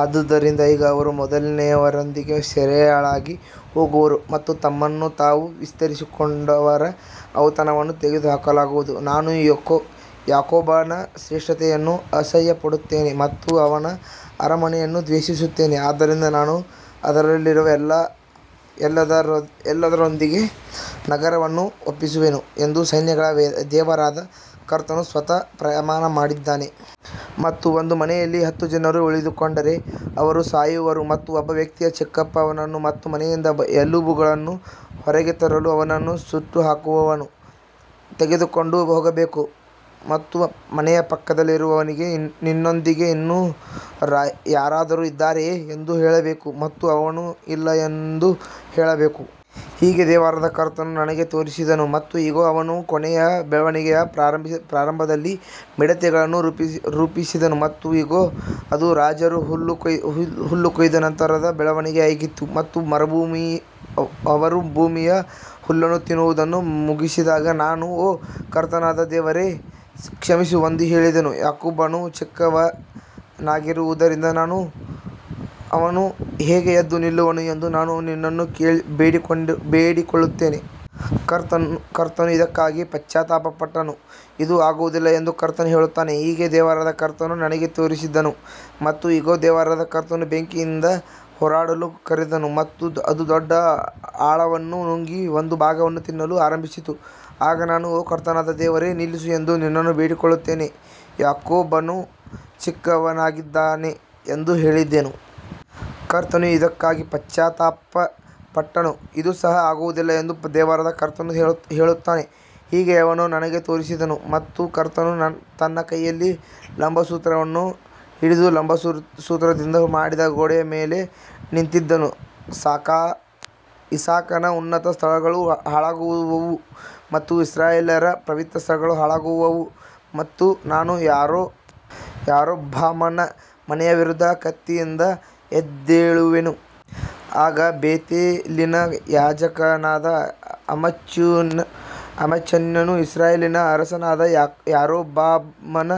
ಆದದರಿಂದ ಈಗ ಅವರು ಮೊದಲನೆಯವರೊಂದಿಗೆ ಸೆರೆಯಾಳಾಗಿ ಹೋಗುವರು ಮತ್ತು ತಮ್ಮನ್ನು ತಾವು ವಿಸ್ತರಿಸಿಕೊಂಡವರ ಔತಣವನ್ನು ತೆಗೆದುಹಾಕಲಾಗುವುದು. ನಾನು ಯಾಕೋಬನ ಶ್ರೇಷ್ಠತೆಯನ್ನು ಅಸಹ್ಯಪಡುತ್ತೇನೆ ಮತ್ತು ಅವನ ಅರಮನೆಗಳನ್ನು ದ್ವೇಷಿಸುತ್ತೇನೆ, ಆದ್ದರಿಂದ ನಾನು ಅದರಲ್ಲಿರುವ ಎಲ್ಲದರೊಂದಿಗೆ ನಗರವನ್ನು ಒಪ್ಪಿಸುವೆನು ಎಂದು ಸೈನ್ಯಗಳ ದೇವರಾದ ಕರ್ತನು ಸ್ವತಃ ಪ್ರಮಾಣ ಮಾಡಿದ್ದಾನೆ. ಮತ್ತು ಒಂದು ಮನೆಯಲ್ಲಿ ಹತ್ತು ಜನರು ಉಳಿದುಕೊಂಡರೆ ಅವರು ಸಾಯುವರು ಮತ್ತು ಒಬ್ಬ ವ್ಯಕ್ತಿಯ ಚಿಕ್ಕಪ್ಪ ಅವನನ್ನು ಮತ್ತು ಮನೆಯಿಂದ ಎಲುಬುಗಳನ್ನು ಹೊರಗೆ ತರಲು ಅವನನ್ನು ಸುಟ್ಟುಹಾಕುವವನನ್ನು ತೆಗೆದುಕೊಂಡು ಹೋಗಬೇಕು ಮತ್ತು ಮನೆಯ ಪಕ್ಕದಲ್ಲಿರುವವನಿಗೆ ನಿನ್ನೊಂದಿಗೆ ಇನ್ನೂ ಯಾರಾದರೂ ಇದ್ದಾರೆಯೇ ಎಂದು ಹೇಳಬೇಕು ಮತ್ತು ಅವನು ಇಲ್ಲ ಎಂದು ಹೇಳಬೇಕು. ಹೀಗೆ ದೇವರಾದ ಕರ್ತನು ನನಗೆ ತೋರಿಸಿದನು ಮತ್ತು ಇಗೋ, ಅವನು ಕೊನೆಯ ಬೆಳವಣಿಗೆಯ ಪ್ರಾರಂಭದಲ್ಲಿ ಮಿಡತೆಗಳನ್ನು ರೂಪಿಸಿದನು ಮತ್ತು ಇಗೋ, ಅದು ರಾಜರು ಹುಲ್ಲು ಕೊಯ್ದ ನಂತರದ ಬೆಳವಣಿಗೆಯಾಗಿತ್ತು. ಮತ್ತು ಅವರು ಭೂಮಿಯ ಹುಲ್ಲನ್ನು ತಿನ್ನುವುದನ್ನು ಮುಗಿಸಿದಾಗ ನಾನು, ಓ ಕರ್ತನಾದ ದೇವರೇ, ಕ್ಷಮಿಸು ಎಂದು ಹೇಳಿದೆನು, ಯಾಕೋಬನು ಚಿಕ್ಕವನಾಗಿರುವುದರಿಂದ ಅವನು ಹೇಗೆ ಎದ್ದು ನಿಲ್ಲುವನು ಎಂದು ನಾನು ನಿನ್ನನ್ನು ಬೇಡಿಕೊಳ್ಳುತ್ತೇನೆ. ಕರ್ತನು ಇದಕ್ಕಾಗಿ ಪಶ್ಚಾತ್ತಾಪಪಟ್ಟನು, ಇದು ಆಗುವುದಿಲ್ಲ ಎಂದು ಕರ್ತನು ಹೇಳುತ್ತಾನೆ. ಹೀಗೆ ದೇವರಾದ ಕರ್ತನು ನನಗೆ ತೋರಿಸಿದನು ಮತ್ತು ಇಗೋ, ದೇವರಾದ ಕರ್ತನು ಬೆಂಕಿಯಿಂದ ಹೋರಾಡಲು ಕರೆದನು ಮತ್ತು ಅದು ದೊಡ್ಡ ಆಳವನ್ನು ನುಂಗಿ ಒಂದು ಭಾಗವನ್ನು ತಿನ್ನಲು ಆರಂಭಿಸಿತು. ಆಗ ನಾನು, ಓ ಕರ್ತನಾದ ದೇವರೇ, ನಿಲ್ಲಿಸು ಎಂದು ನಿನ್ನನ್ನು ಬೇಡಿಕೊಳ್ಳುತ್ತೇನೆ, ಯಾಕೋಬನು ಚಿಕ್ಕವನಾಗಿದ್ದಾನೆ ಎಂದು ಹೇಳಿದೆನು. ಕರ್ತನು ಇದಕ್ಕಾಗಿ ಪಶ್ಚಾತ್ತಾಪಪಟ್ಟನು, ಇದು ಸಹ ಆಗುವುದಿಲ್ಲ ಎಂದು ದೇವರಾದ ಕರ್ತನು ಹೇಳುತ್ತಾನೆ. ಹೀಗೆ ಅವನು ನನಗೆ ತೋರಿಸಿದನು ಮತ್ತು ಕರ್ತನು ತನ್ನ ಕೈಯಲ್ಲಿ ಲಂಬಸೂತ್ರವನ್ನು ಹಿಡಿದು ಲಂಬಸೂತ್ರದಿಂದ ಮಾಡಿದ ಗೋಡೆಯ ಮೇಲೆ ನಿಂತಿದ್ದನು. ಇಸಾಕನ ಉನ್ನತ ಸ್ಥಳಗಳು ಹಾಳಾಗುವವು ಮತ್ತು ಇಸ್ರಾಯೇಲ್ಯರ ಪವಿತ್ರ ಸ್ಥಳಗಳು ಹಾಳಾಗುವವು ಮತ್ತು ನಾನು ಯಾರೊಬ್ಬಾಮನ ಮನೆಯ ವಿರುದ್ಧ ಕತ್ತಿಯಿಂದ ಎದ್ದೇಳುವೆನು. ಆಗ ಬೇತೇಲಿನ ಯಾಜಕನಾದ ಅಮಚ್ಯನು ಇಸ್ರಾಯೇಲಿನ ಅರಸನಾದ ಯಾರೊಬ್ಬಾಮನ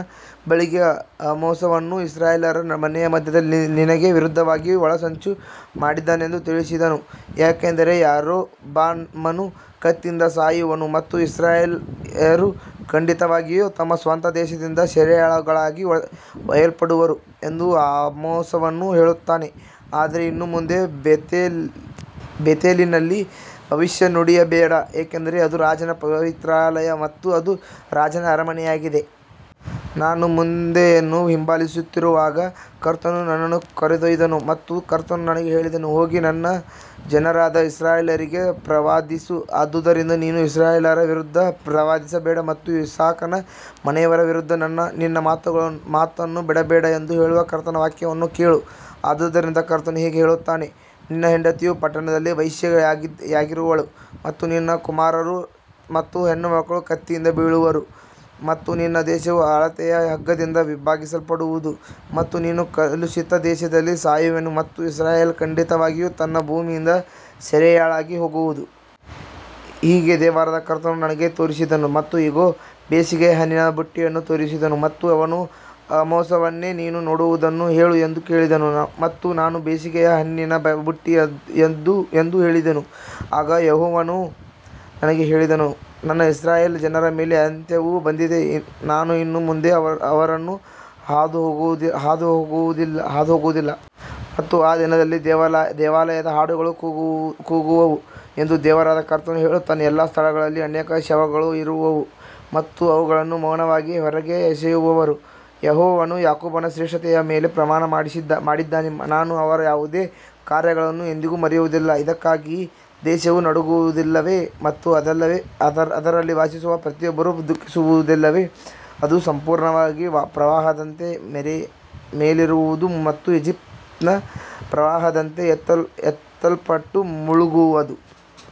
ಬಳಿಗೆ ಆಮೋಸನು ಇಸ್ರಾಯೇಲ್ಯರ ಮನೆಯ ಮಧ್ಯದಲ್ಲಿ ನಿನಗೆ ವಿರುದ್ಧವಾಗಿ ಒಳಸಂಚು ಮಾಡಿದ್ದಾನೆಂದು ತಿಳಿಸಿದನು. ಯಾಕಂದರೆ ಯಾರೊಬ್ಬಾಮನು ಕತ್ತಿಯಿಂದ ಸಾಯುವನು ಮತ್ತು ಇಸ್ರಾಯೇಲ್ಯರು ಖಂಡಿತವಾಗಿಯೂ ತಮ್ಮ ಸ್ವಂತ ದೇಶದಿಂದ ಸೆರೆಯಾಳುಗಳಾಗಿ ಒಯ್ಯಲ್ಪಡುವರು ಎಂದು ಆಮೋಸನು ಹೇಳುತ್ತಾನೆ. ಆದರೆ ಇನ್ನು ಮುಂದೆ ಬೇತೇಲಿನಲ್ಲಿ ಭವಿಷ್ಯ ನುಡಿಯಬೇಡ, ಏಕೆಂದರೆ ಅದು ರಾಜನ ಪವಿತ್ರಾಲಯ ಮತ್ತು ಅದು ರಾಜನ ಅರಮನೆಯಾಗಿದೆ. ನಾನು ಮಂದೆಯನ್ನು ಹಿಂಬಾಲಿಸುತ್ತಿರುವಾಗ ಕರ್ತನು ನನ್ನನ್ನು ಕರೆದೊಯ್ದನು ಮತ್ತು ಕರ್ತನು ನನಗೆ ಹೇಳಿದನು, ಹೋಗಿ ನನ್ನ ಜನರಾದ ಇಸ್ರಾಯೇಲ್ಯರಿಗೆ ಪ್ರವಾದಿಸು. ಆದುದರಿಂದ ನೀನು ಇಸ್ರಾಯೇಲ್ಯರ ವಿರುದ್ಧ ಪ್ರವಾದಿಸಬೇಡ ಮತ್ತು ಇಸಾಕನ ಮನೆಯವರ ವಿರುದ್ಧ ನಿನ್ನ ಮಾತನ್ನು ಬಿಡಬೇಡ ಎಂದು ಹೇಳುವ ಕರ್ತನ ವಾಕ್ಯವನ್ನು ಕೇಳು. ಆದದರಿಂದ ಕರ್ತನು ಹೀಗೆ ಹೇಳುತ್ತಾನೆ, ನಿನ್ನ ಹೆಂಡತಿಯು ಪಟ್ಟಣದಲ್ಲಿ ವೇಶ್ಯೆಯಾಗಿರುವಳು ಮತ್ತು ನಿನ್ನ ಕುಮಾರರು ಮತ್ತು ಹೆಣ್ಣುಮಕ್ಕಳು ಕತ್ತಿಯಿಂದ ಬೀಳುವರು ಮತ್ತು ನಿನ್ನ ದೇಶವು ಅಳತೆಯ ಹಗ್ಗದಿಂದ ವಿಭಾಗಿಸಲ್ಪಡುವುದು ಮತ್ತು ನೀನು ಕಲುಷಿತ ದೇಶದಲ್ಲಿ ಸಾಯುವೆನು ಮತ್ತು ಇಸ್ರಾಯೇಲ್ ಖಂಡಿತವಾಗಿಯೂ ತನ್ನ ಭೂಮಿಯಿಂದ ಸೆರೆಯಾಳಾಗಿ ಹೋಗುವುದು. ಹೀಗೆ ದೇವರಾದ ಕರ್ತನು ನನಗೆ ತೋರಿಸಿದನು ಮತ್ತು ಇಗೋ, ಬೇಸಿಗೆಯ ಹಣ್ಣಿನ ಬುಟ್ಟಿಯನ್ನು ತೋರಿಸಿದನು. ಮತ್ತು ಅವನು, ಆಮೋಸನೇ, ನೀನು ನೋಡುವುದನ್ನು ಹೇಳು ಎಂದು ಕೇಳಿದನು ಮತ್ತು ನಾನು, ಬೇಸಿಗೆಯ ಹಣ್ಣಿನ ಬುಟ್ಟಿ ಎಂದು ಹೇಳಿದೆನು. ಆಗ ಯೆಹೋವನು ನನಗೆ ಹೇಳಿದನು, ನನ್ನ ಇಸ್ರಾಯೇಲ್ ಜನರ ಮೇಲೆ ಅಂತ್ಯವು ಬಂದಿದೆ, ನಾನು ಇನ್ನು ಮುಂದೆ ಅವರನ್ನು ಹಾದುಹೋಗುವುದಿಲ್ಲ. ಮತ್ತು ಆ ದಿನದಲ್ಲಿ ದೇವಾಲಯದ ಹಾಡುಗಳು ಕೂಗುವವು ಎಂದು ದೇವರಾದ ಕರ್ತನು ಹೇಳುತ್ತಾನೆ, ಎಲ್ಲಾ ಸ್ಥಳಗಳಲ್ಲಿ ಅನೇಕ ಶವಗಳು ಇರುವುದು ಮತ್ತು ಅವುಗಳನ್ನು ಮೌನವಾಗಿ ಹೊರಗೆ ಎಸೆಯುವರು. ಯೆಹೋವನು ಯಾಕೋಬನ ಶ್ರೇಷ್ಠತೆಯ ಮೇಲೆ ಪ್ರಮಾಣ ಮಾಡಿದ್ದಾನೆ, ನಾನು ಅವರ ಯಾವುದೇ ಕಾರ್ಯಗಳನ್ನು ಎಂದಿಗೂ ಮರೆಯುವುದಿಲ್ಲ. ಇದಕ್ಕಾಗಿ ದೇಶವು ನಡುಗುವುದಿಲ್ಲವೇ ಮತ್ತು ಅದರಲ್ಲಿ ವಾಸಿಸುವ ಪ್ರತಿಯೊಬ್ಬರೂ ದುಃಖಿಸುವುದಿಲ್ಲವೇ ಮತ್ತು ಅದು ಸಂಪೂರ್ಣವಾಗಿ ಪ್ರವಾಹದಂತೆ ಮೇಲೇರುವುದು ಮತ್ತು ಈಜಿಪ್ಟಿನ ಪ್ರವಾಹದಂತೆ ಎತ್ತಲ್ಪಟ್ಟು ಮುಳುಗುವುದು.